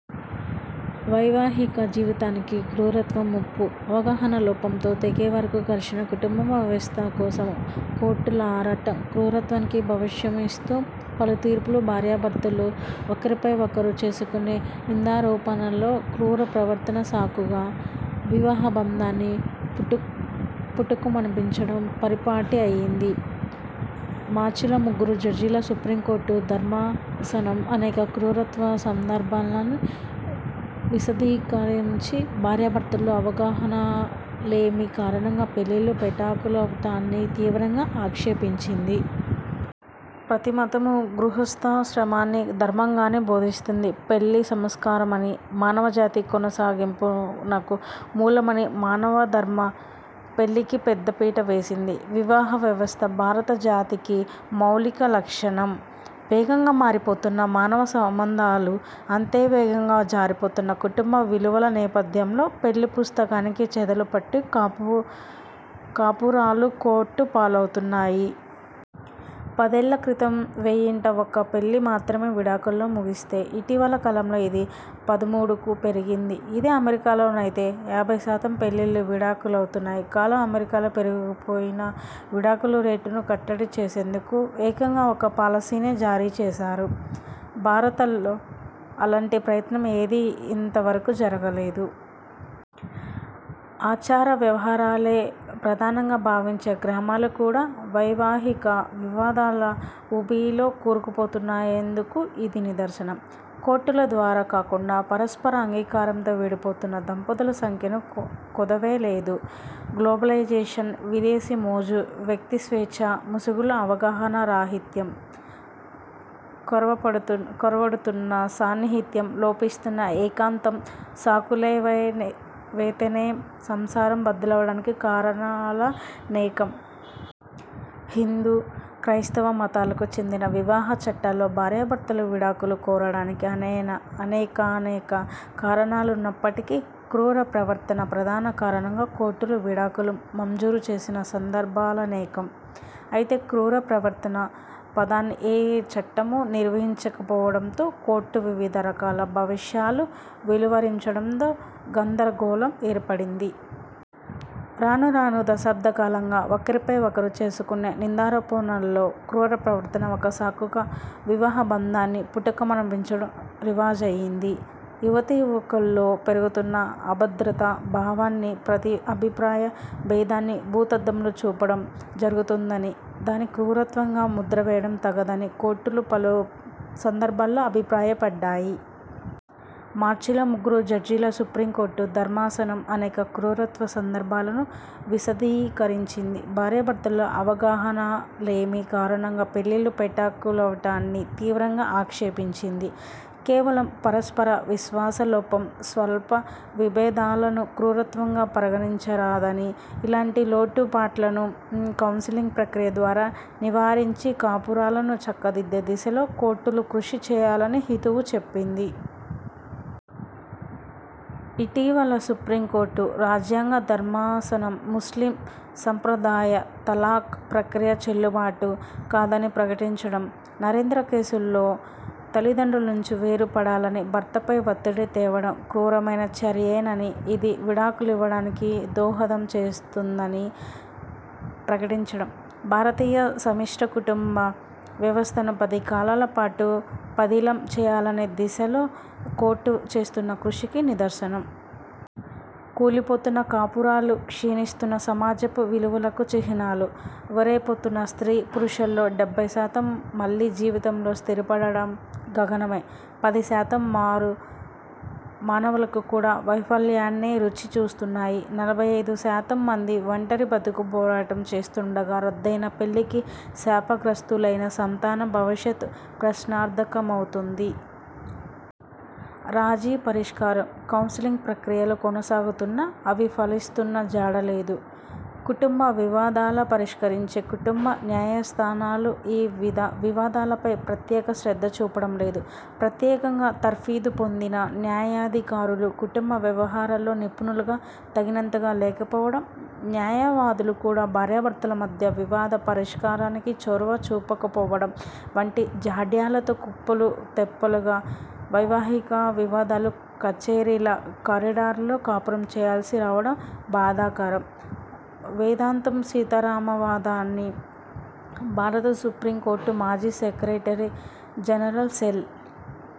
వైవాహిక జీవితానికి 'క్రూరత్వం' ముప్పు అవగాహన లోపంతో తెగేవరకు ఘర్షణ కుటుంబ వ్యవస్థ కోసం కోర్టుల ఆరాటం క్రూరత్వానికి భాష్యమిస్తూ పలు తీర్పులు భార్యాభర్తలు ఒకరిపై ఒకరు చేసుకునే నిందారోపణల్లో 'క్రూర ప్రవర్తన' సాకుగా వివాహబంధాన్ని పుటుకు పుటుక్కుమనిపించడం పరిపాటి అయ్యింది. మార్చిలో ముగ్గురు జడ్జీల సుప్రీంకోర్టు ధర్మాసనం అనేక 'క్రూరత్వ' సందర్భాలను విశదీకరించి, భార్యాభర్తల్లో అవగాహనాలేమి కారణంగా పెళ్లిళ్లు పెటాకులవటాన్ని తీవ్రంగా ఆక్షేపించింది. ప్రతి మతమూ గృహస్థాశ్రమాన్ని ధర్మంగానే బోధిస్తుంది. పెళ్లి సంస్కారమనీ, మానవజాతి కొనసాగింపునకు మూలమనీ మానవధర్మం పెళ్లికి పెద్దపీట వేసింది. వివాహ వ్యవస్థ భారత జాతికి మౌలిక లక్షణం. వేగంగా మారిపోతున్న మానవ సంబంధాలూ, అంతే వేగంగా జారిపోతున్న కుటుంబ విలువల నేపథ్యంలో పెళ్లి పుస్తకానికి చెదలుపట్టి కాపు కాపురాలు కోర్టు పాలవుతున్నాయి. పదేళ్ల క్రితం వెయ్యింట ఒక్క పెళ్లి మాత్రమే విడాకులతో ముగిస్తే, ఇటీవల కాలంలో ఇది పదమూడుకు పెరిగింది. ఇదే అమెరికాలోనైతే ఏభై శాతం పెళ్లిళ్లు విడాకులవుతున్నాయి. కాలం అమెరికాలో పెరిగిపోయిన విడాకుల రేటును కట్టడి చేసేందుకు ఏకంగా ఒక పాలసీనే జారీచేశారు. భారత్లో అలాంటి ప్రయత్నం ఏదీ ఇంతవరకు జరుగలేదు. ఆచార వ్యవహారాలే ప్రధానంగా భావించే గ్రామాలు కూడా వైవాహిక వివాదాల ఊబిలో కూరుకుపోతున్నాయందుకు ఇది నిదర్శనం. కోర్టుల ద్వారా కాకుండా పరస్పర అంగీకారంతో విడిపోతున్న దంపతుల సంఖ్యను కొదవేలేదు. గ్లోబలైజేషన్, విదేశీ మోజు, వ్యక్తిస్వేచ్ఛ ముసుగులో అవగాహనా రాహిత్యం, కొరవపడుతున్న కొరవడుతున్న సాన్నిహిత్యం, లోపిస్తున్న ఏకాంతం, సాకులేవైతేనేం సంసారం బద్దలవడానికి కారణాలనేకం. హిందూ, క్రైస్తవ మతాలకు చెందిన వివాహ చట్టాల్లో భార్యాభర్తలు విడాకులు కోరడానికి అనేకానేక కారణాలున్నప్పటికీ 'క్రూర ప్రవర్తన' ప్రధాన కారణంగా కోర్టులు విడాకులు మంజూరు చేసిన సందర్భాలనేకం. అయితే 'క్రూర ప్రవర్తన' పదాన్ని ఏ చట్టమూ నిర్వచించకపోవడంతో కోర్టులు వివిధ రకాల భావిష్యాలు వెలువరించడంతో గందరగోళం ఏర్పడింది. రాను రాను దశాబ్ద కాలంగా ఒకరిపై ఒకరు చేసుకునే నిందారోపణల్లో 'క్రూర ప్రవర్తన' ఒక సాకుగా వివాహబంధాన్ని పుటుక్కుమనిపించడం రివాజయ్యింది. యువతీ యువకుల్లో పెరుగుతున్న అభద్రతా భావాన్నీ, ప్రతి అభిప్రాయ భేదాన్నీ భూతద్దంలో చూపడం జరుగుతోందనీ, దాని క్రూరత్వంగా ముద్రవేయడం తగదనీ కోర్టులు పలు సందర్భాల్లో అభిప్రాయపడ్డాయి. మార్చిలో ముగ్గురు జడ్జీల సుప్రీంకోర్టు ధర్మాసనం అనేక 'క్రూరత్వ' సందర్భాలను విశదీకరించింది, భార్యాభర్తల్లో అవగాహనాలేమి కారణంగా పెళ్లిళ్లు పెటాకులవటాన్ని తీవ్రంగా ఆక్షేపించింది. కేవలం పరస్పర విశ్వాస లోపం, స్వల్ప విభేదాలను 'క్రూరత్వం'గా పరిగణించరాదనీ ఇలాంటి లోటుపాట్లను కౌన్సెలింగ్ ప్రక్రియ ద్వారా నివారించి కాపురాలను చక్కదిద్దే దిశలో కోర్టులు కృషి చేయాలనీ హితవు చెప్పింది. ఇటీవల సుప్రీంకోర్టు రాజ్యాంగ ధర్మాసనం ముస్లిం సంప్రదాయ 'తలాక్' ప్రక్రియ చెల్లుబాటు కాదని ప్రకటించడం, 'నరేంద్ర' కేసులో తల్లిదండ్రుల నుంచి వేరు పడాలని భర్తపై ఒత్తిడి తేవడం క్రూరమైన చర్యేననీ, ఇది విడాకులివ్వడానికి దోహదం చేస్తుందనీ ప్రకటించడం, భారతీయ సమిష్ట కుటుంబ వ్యవస్థను పదికాలాల పాటు పదిలం చేయాలనే దిశలో కోర్టు చేస్తున్న కృషికి నిదర్శనం. కూలిపోతున్న కాపురాలు క్షీణిస్తున్న సమాజపు విలువలకు చిహ్నాలు. వేరైపోతున్న స్ర్తీ పురుషుల్లో డెబ్బై శాతం మళ్లీ జీవితంలో స్థిరపడడం గగనమే. పది శాతం మారు మనువులు కూడా వైఫల్యాన్నే రుచి చూస్తున్నాయి. నలభై ఐదు శాతం మంది ఒంటరి బతుకు పోరాటం చేస్తుండగా, రద్దయిన పెళ్లికి శాపగ్రస్తులైన సంతానం భవిష్యత్ ప్రశ్నార్థకమవుతోంది. రాజీ పరిష్కారం, కౌన్సెలింగ్ ప్రక్రియలు కొనసాగుతున్నా అవి ఫలిస్తున్న జాడలేదు. కుటుంబ వివాదాల పరిష్కరించే కుటుంబ న్యాయస్థానాలు ఈ వివాదాలపై ప్రత్యేక శ్రద్ధ చూపడం లేదు. ప్రత్యేకంగా తర్ఫీదు పొందిన న్యాయాధికారులూ, కుటుంబ వ్యవహారాల్లో నిపుణులూ తగినంతగా లేకపోవటం, న్యాయవాదులు కూడా భార్యాభర్తల మధ్య వివాద పరిష్కారానికి చొరవ చూపకపోవడం వంటి జాడ్యాలతో కుప్పలు తెప్పలుగా వైవాహిక వివాదాలు కచ్చేరీల కారిడార్లలో కాపురం చేయాల్సి రావటం బాధాకరం. వేదాంతం సీతారామావధాని, భారత సుప్రీంకోర్టు మాజీ సెక్రటరీ జనరల్, సెల్